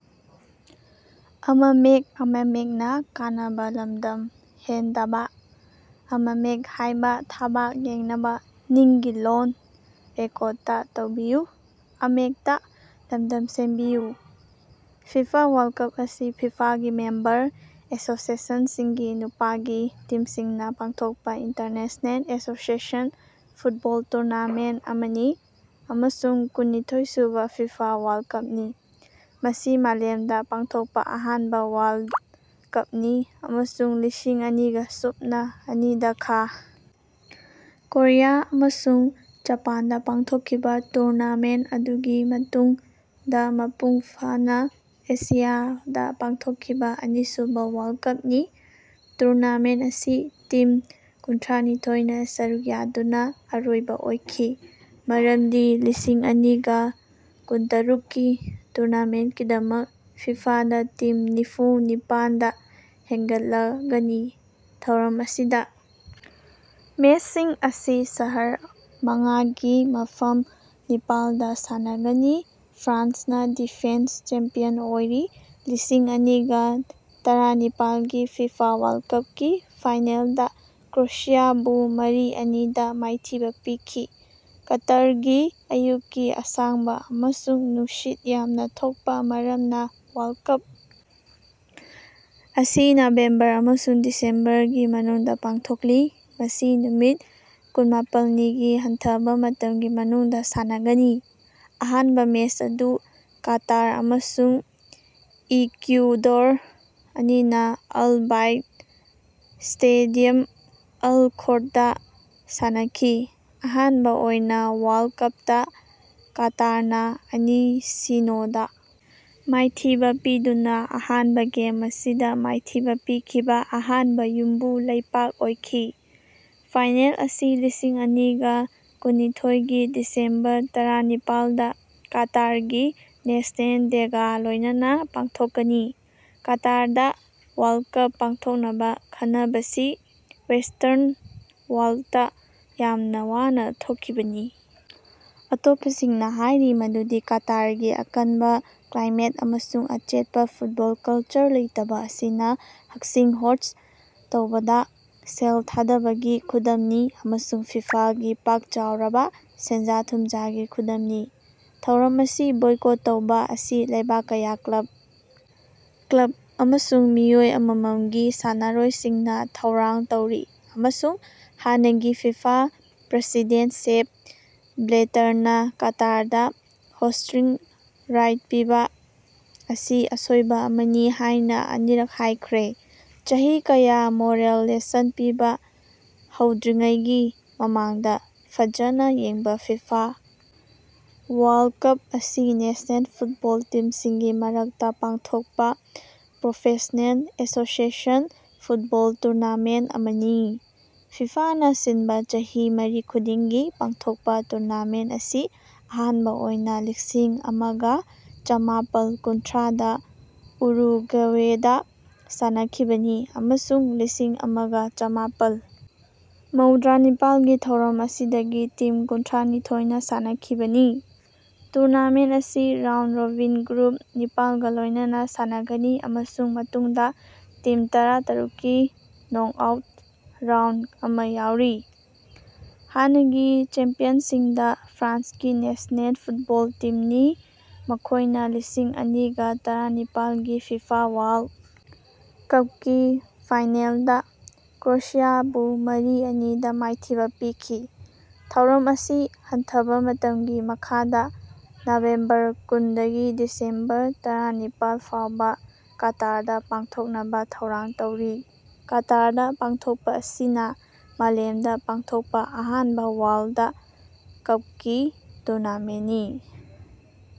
FIFA world cup ꯑꯁꯤ ꯐꯤꯐꯥꯒꯤ member ꯑꯦꯁꯣꯁꯤꯑꯦꯁꯟꯁꯤꯡꯒꯤ ꯅꯨꯄꯥꯒꯤ ꯇꯤꯝꯁꯤꯡꯅꯥ ꯄꯥꯡꯊꯣꯛꯄꯥ ꯏꯟꯇꯔꯅꯦꯁꯅꯦꯜ ꯑꯦꯁꯣꯁꯤꯑꯦꯁꯟ ꯐꯨꯠꯕꯣꯜ ꯇꯨꯔꯅꯥꯃꯦꯟ ꯑꯃꯅꯤ, ꯑꯃꯁꯨꯡ ꯀꯨꯟꯅꯤꯊꯣꯏ ꯁꯨꯕꯥ ꯐꯤꯐꯥ ꯋꯥꯔꯜ ꯀꯞꯅꯤ꯫ ꯃꯁꯤ ꯃꯥꯂꯦꯝꯗꯥ ꯄꯥꯡꯊꯣꯛꯄ ꯑꯍꯥꯟꯕ ꯋꯥꯔꯜꯗ ꯀꯞꯅꯤ, ꯑꯃꯁꯨꯡ ꯂꯤꯁꯤꯡ ꯑꯅꯤꯒ ꯁꯨꯞꯅꯥ ꯑꯅꯤꯗꯥ ꯈꯥ ꯀꯣꯔꯤꯌꯥ ꯑꯃꯁꯨꯡ ꯖꯄꯥꯟꯗ ꯄꯥꯡꯊꯣꯛꯈꯤꯕ ꯇꯨꯔꯅꯥꯃꯦꯟ ꯑꯗꯨꯒꯤ ꯃꯇꯨꯡꯗ ꯃꯄꯨꯡ ꯐꯥꯅ ꯑꯦꯁꯤꯌꯥꯗ ꯄꯥꯡꯊꯣꯛꯈꯤꯕ ꯑꯅꯤꯁꯨꯕ ꯋꯥꯔꯜ ꯀꯞꯅꯤ꯫ ꯇꯨꯔꯅꯥꯃꯦꯟ ꯑꯁꯤ ꯇꯤꯝ ꯀꯨꯟꯊ꯭ꯔꯥꯅꯤꯊꯣꯏꯅꯥ ꯁꯔꯨꯛ ꯌꯥꯗꯨꯅ ꯑꯔꯣꯏꯕ ꯑꯣꯏꯈꯤ, ꯃꯔꯝꯗꯤ ꯂꯤꯁꯤꯡ ꯑꯅꯤꯒ ꯀꯨꯟꯇꯔꯨꯛꯀꯤ ꯇꯨꯔꯅꯥꯃꯦꯟꯀꯤꯗꯃꯛ ꯐꯤꯐꯥꯗ ꯇꯤꯝ ꯅꯤꯐꯨꯅꯤꯄꯥꯟꯗꯥ ꯍꯦꯟꯒꯠꯂꯒꯅꯤ꯫ ꯊꯧꯔꯝ ꯑꯁꯤꯗ ꯃꯦꯁꯁꯤꯡ ꯑꯁꯤ ꯁꯍꯔ ꯃꯉꯥꯒꯤ ꯃꯐꯝ ꯅꯤꯄꯥꯜꯗ ꯁꯥꯟꯅꯒꯅꯤ꯫ ꯐ꯭ꯔꯥꯟꯁꯅꯥ ꯗꯤꯐꯦꯟꯁ ꯆꯦꯝꯄꯤꯌꯟ ꯑꯣꯏꯔꯤ, ꯂꯤꯁꯤꯡ ꯑꯅꯤꯒ ꯇꯔꯥꯅꯤꯄꯥꯜꯒꯤ ꯐꯤꯐꯥ ꯋꯥꯔꯜ ꯀꯞꯀꯤ ꯐꯥꯏꯅꯦꯜꯗꯥ ꯀ꯭ꯔꯣꯌꯦꯁꯤꯌꯥꯕꯨ ꯃꯔꯤ-ꯑꯅꯤ ꯗꯥ ꯃꯥꯏꯊꯤꯕ ꯄꯤꯈꯤ꯫ ꯀꯇꯥꯔꯒꯤ ꯑꯌꯨꯛꯀꯤ ꯑꯁꯥꯡꯕ ꯑꯃꯁꯨꯡ ꯅꯨꯡꯁꯤꯠ ꯌꯥꯝꯅ ꯊꯣꯛꯄ ꯃꯔꯝꯅ ꯋꯥꯔꯜ ꯀꯞ ꯑꯁꯤ ꯅꯕꯦꯝꯕꯔ ꯑꯃꯁꯨꯡ ꯗꯤꯁꯦꯝꯕꯔꯒꯤ ꯃꯅꯨꯡꯗꯥ ꯄꯥꯡꯊꯣꯛꯂꯤ꯫ ꯃꯁꯤ ꯅꯨꯃꯤꯠ ꯀꯨꯟꯃꯥꯄꯜꯅꯤꯒꯤ ꯍꯟꯊꯕ ꯃꯇꯝꯒꯤ ꯃꯅꯨꯡꯗ ꯁꯥꯟꯅꯒꯅꯤ꯫ ꯑꯍꯥꯟꯕ ꯃꯦꯁ ꯑꯗꯨ ꯀꯇꯥꯔ ꯑꯃꯁꯨꯡ ꯏꯀ꯭ꯨꯋꯥꯗꯣꯔ ꯑꯅꯤꯅ ꯑꯜ ꯕꯥꯏꯠ ꯁ꯭ꯇꯦꯗꯤꯌꯝ, ꯑꯜ ꯈꯣꯔꯗꯥ ꯁꯥꯟꯅꯈꯤ꯫ ꯑꯍꯥꯟꯕ ꯑꯣꯏꯅ ꯋꯥꯔꯜ ꯀꯞꯇꯥ ꯀꯇꯥꯔꯅꯥ ꯑꯅꯤ-ꯁꯤꯅꯣ ꯗ ꯃꯥꯏꯊꯤꯕ ꯄꯤꯗꯨꯅ ꯑꯍꯥꯟꯕ ꯒꯦꯝ ꯑꯁꯤꯗ ꯃꯥꯏꯊꯤꯕ ꯄꯤꯈꯤꯕ ꯑꯍꯥꯟꯕ ꯌꯨꯝꯕꯨ ꯂꯩꯄꯥꯛ ꯑꯣꯏꯈꯤ꯫ ꯐꯥꯏꯅꯦꯜ ꯑꯁꯤ ꯂꯤꯁꯤꯡ ꯑꯅꯤꯒ ꯀꯨꯟꯅꯤꯊꯣꯏꯒꯤ ꯗꯤꯁꯦꯝꯕꯔ ꯇꯔꯥꯅꯤꯄꯥꯜꯗ ꯀꯇꯥꯔꯒꯤ ꯅꯦꯁꯅꯦꯜ ꯗꯦꯒꯥ ꯂꯣꯏꯅꯅ ꯄꯥꯡꯊꯣꯛꯀꯅꯤ꯫ ꯀꯇꯥꯔꯗꯥ ꯋꯥꯔꯜ ꯀꯞ ꯄꯥꯡꯊꯣꯛꯅꯕ ꯈꯟꯅꯕꯁꯤ ꯋꯦꯁꯇ꯭ꯔꯟ ꯋꯥꯔꯜꯇ ꯌꯥꯝꯅ ꯋꯥꯅ ꯊꯣꯛꯈꯤꯕꯅꯤ꯫ ꯑꯇꯣꯞꯄꯁꯤꯡꯅ ꯍꯥꯏꯔꯤ ꯃꯗꯨꯗꯤ ꯀꯇꯥꯔꯒꯤ ꯑꯀꯟꯕ ꯀ꯭ꯂꯥꯏꯃꯦꯠ ꯑꯃꯁꯨꯡ ꯑꯆꯦꯠꯄꯥ ꯐꯨꯠꯕꯣꯜ ꯀꯜꯆꯔ ꯂꯩꯇꯕꯥ ꯑꯁꯤꯅ ꯍꯛꯁꯤꯡ ꯍꯣꯁ꯭ꯠ ꯇꯧꯕꯗꯥ ꯁꯦꯜ ꯊꯥꯗꯕꯒꯤ ꯈꯨꯗꯝꯅꯤ ꯑꯃꯁꯨꯡ ꯐꯤꯐꯥꯒꯤ ꯄꯥꯛ ꯆꯥꯎꯔꯕ ꯁꯦꯟꯖꯥ- ꯊꯨꯝꯖꯥꯒꯤ ꯈꯨꯗꯝꯅꯤ꯫ ꯊꯧꯔꯝ ꯑꯁꯤ ꯕꯣꯏꯀꯣꯠ ꯇꯧꯕ ꯑꯁꯤ ꯂꯩꯕꯥꯛ ꯀꯌꯥ, ꯀ꯭ꯂꯕ ꯀꯂ꯭ꯕ ꯑꯃꯁꯨꯡ ꯃꯤꯑꯣꯏ ꯑꯃꯃꯝꯒꯤ ꯁꯥꯟꯅꯔꯣꯏꯁꯤꯡꯅ ꯊꯧꯔꯥꯡ ꯇꯧꯔꯤ, ꯑꯃꯁꯨꯡ ꯍꯥꯟꯅꯒꯤ ꯐꯤꯐꯥ ꯄ꯭ꯔꯁꯤꯗꯦꯟ ꯁꯦꯞ ꯕ꯭ꯂꯦꯇꯔꯅꯥ ꯀꯇꯥꯔꯗ ꯍꯣꯁ꯭ꯇꯤꯡ ꯔꯥꯏꯠ ꯄꯤꯕ ꯑꯁꯤ ꯑꯁꯣꯏꯕ ꯑꯃꯅꯤ ꯍꯥꯏꯅ ꯑꯅꯤꯔꯛ ꯍꯥꯏꯈ꯭ꯔꯦ꯫ ꯆꯍꯤ ꯀꯌꯥ, ꯃꯣꯔꯦꯜ ꯂꯦꯁꯟ ꯄꯤꯕꯥ ꯍꯧꯗ꯭ꯔꯤꯉꯩꯒꯤ ꯃꯃꯥꯡꯗ ꯐꯖꯅ ꯌꯦꯡꯕ ꯐꯤꯐꯥ ꯋꯥꯔꯜꯗ ꯀꯞ ꯑꯁꯤ ꯅꯦꯁꯅꯦꯜ ꯐꯨꯠꯕꯣꯜ ꯇꯤꯝꯁꯤꯡꯒꯤ ꯃꯔꯛꯇ ꯄꯥꯡꯊꯣꯛꯄ ꯄ꯭ꯔꯣꯐꯦꯁ꯭ꯅꯦꯜ ꯑꯦꯁꯣꯁꯤꯑꯦꯁꯟ ꯐꯨꯠꯕꯣꯜ ꯇꯨꯔꯅꯥꯃꯦꯟ ꯑꯃꯅꯤ꯫ ꯐꯤꯐꯥꯅ ꯁꯤꯟꯕ ꯆꯍꯤ ꯃꯔꯤ ꯈꯨꯗꯤꯡꯒꯤ ꯄꯥꯡꯊꯣꯛꯄ ꯇꯨꯔꯅꯥꯃꯦꯟ ꯑꯁꯤ ꯑꯍꯥꯟꯕ ꯑꯣꯏꯅ ꯂꯤꯁꯤꯡ ꯑꯃꯒꯥ ꯆꯃꯥꯄꯜ ꯀꯨꯟꯊ꯭ꯔꯥꯗ ꯎꯔꯨꯒꯨꯋꯦꯗꯥ ꯁꯥꯟꯅꯈꯤꯕꯅꯤ, ꯑꯃꯁꯨꯡ ꯂꯤꯁꯤꯡ ꯑꯃꯒꯥ ꯆꯃꯥꯄꯜ ꯃꯧꯗ꯭ꯔꯥꯅꯤꯄꯥꯜꯒꯤ ꯊꯧꯔꯝ ꯑꯁꯤꯗꯒꯤ ꯇꯤꯝ ꯀꯨꯟꯊ꯭ꯔꯥꯅꯤꯊꯣꯏꯅꯥ ꯁꯥꯟꯅꯈꯤꯕꯅꯤ꯫ ꯇꯨꯔꯅꯥꯃꯦꯟ ꯑꯁꯤ ꯔꯥꯎꯟ-ꯔꯣꯕꯤꯟ ꯒ꯭ꯔꯨꯞ ꯅꯤꯄꯥꯜꯒꯥ ꯂꯣꯏꯅꯅꯥ ꯁꯥꯟꯅꯒꯅꯤ ꯑꯃꯁꯨꯡ ꯃꯇꯨꯡꯗꯥ ꯇꯤꯝ ꯇꯔꯥꯇꯔꯨꯛꯀꯤ ꯅꯣꯛꯑꯥꯎꯠ ꯔꯥꯎꯟ ꯑꯃ ꯌꯥꯎꯔꯤ꯫ ꯍꯥꯟꯅꯒꯤ ꯆꯦꯝꯄꯤꯌꯟꯁꯤꯡꯗꯤ ꯐ꯭ꯔꯥꯟꯁꯀꯤ ꯅꯦꯁ꯭ꯅꯦꯜ ꯐꯨꯠꯕꯣꯜ ꯇꯤꯝꯅꯤ, ꯃꯈꯣꯢꯅ ꯂꯤꯁꯤꯡ ꯑꯅꯤꯒ ꯇꯔꯥꯅꯤꯄꯥꯜꯒꯤ ꯐꯤꯐꯥ ꯋꯥꯔꯜ ꯀꯞꯀꯤ ꯐꯥꯏꯅꯦꯜꯗꯥ ꯀ꯭ꯔꯣꯌꯦꯁꯤꯌꯥꯕꯨ ꯃꯔꯤ- ꯑꯅꯤ ꯗꯥ ꯃꯥꯏꯊꯤꯕ ꯄꯤꯈꯤ꯫ ꯊꯧꯔꯝ ꯑꯁꯤ ꯍꯟꯊꯕ ꯃꯇꯝꯒꯤ ꯃꯈꯥꯗ, ꯅꯕꯦꯝꯕꯔ ꯀꯨꯟꯗꯒꯤ ꯗꯤꯁꯦꯝꯕꯔ ꯇꯔꯥꯅꯤꯄꯥꯜ ꯐꯥꯎꯕ ꯀꯇꯥꯔꯗꯥ ꯄꯥꯡꯊꯣꯛꯅꯕ ꯊꯧꯔꯥꯡ ꯇꯧꯔꯤ꯫ ꯀꯇꯥꯔꯗꯥ ꯄꯥꯡꯊꯣꯛꯄ ꯑꯁꯤꯅ ꯃꯥꯂꯦꯝꯗꯥ ꯄꯥꯡꯊꯣꯛꯄ ꯑꯍꯥꯟꯕ ꯋꯥꯔꯜꯗ ꯀꯞꯀꯤ ꯇꯨꯔꯅꯥꯃꯦꯟꯅꯤ꯫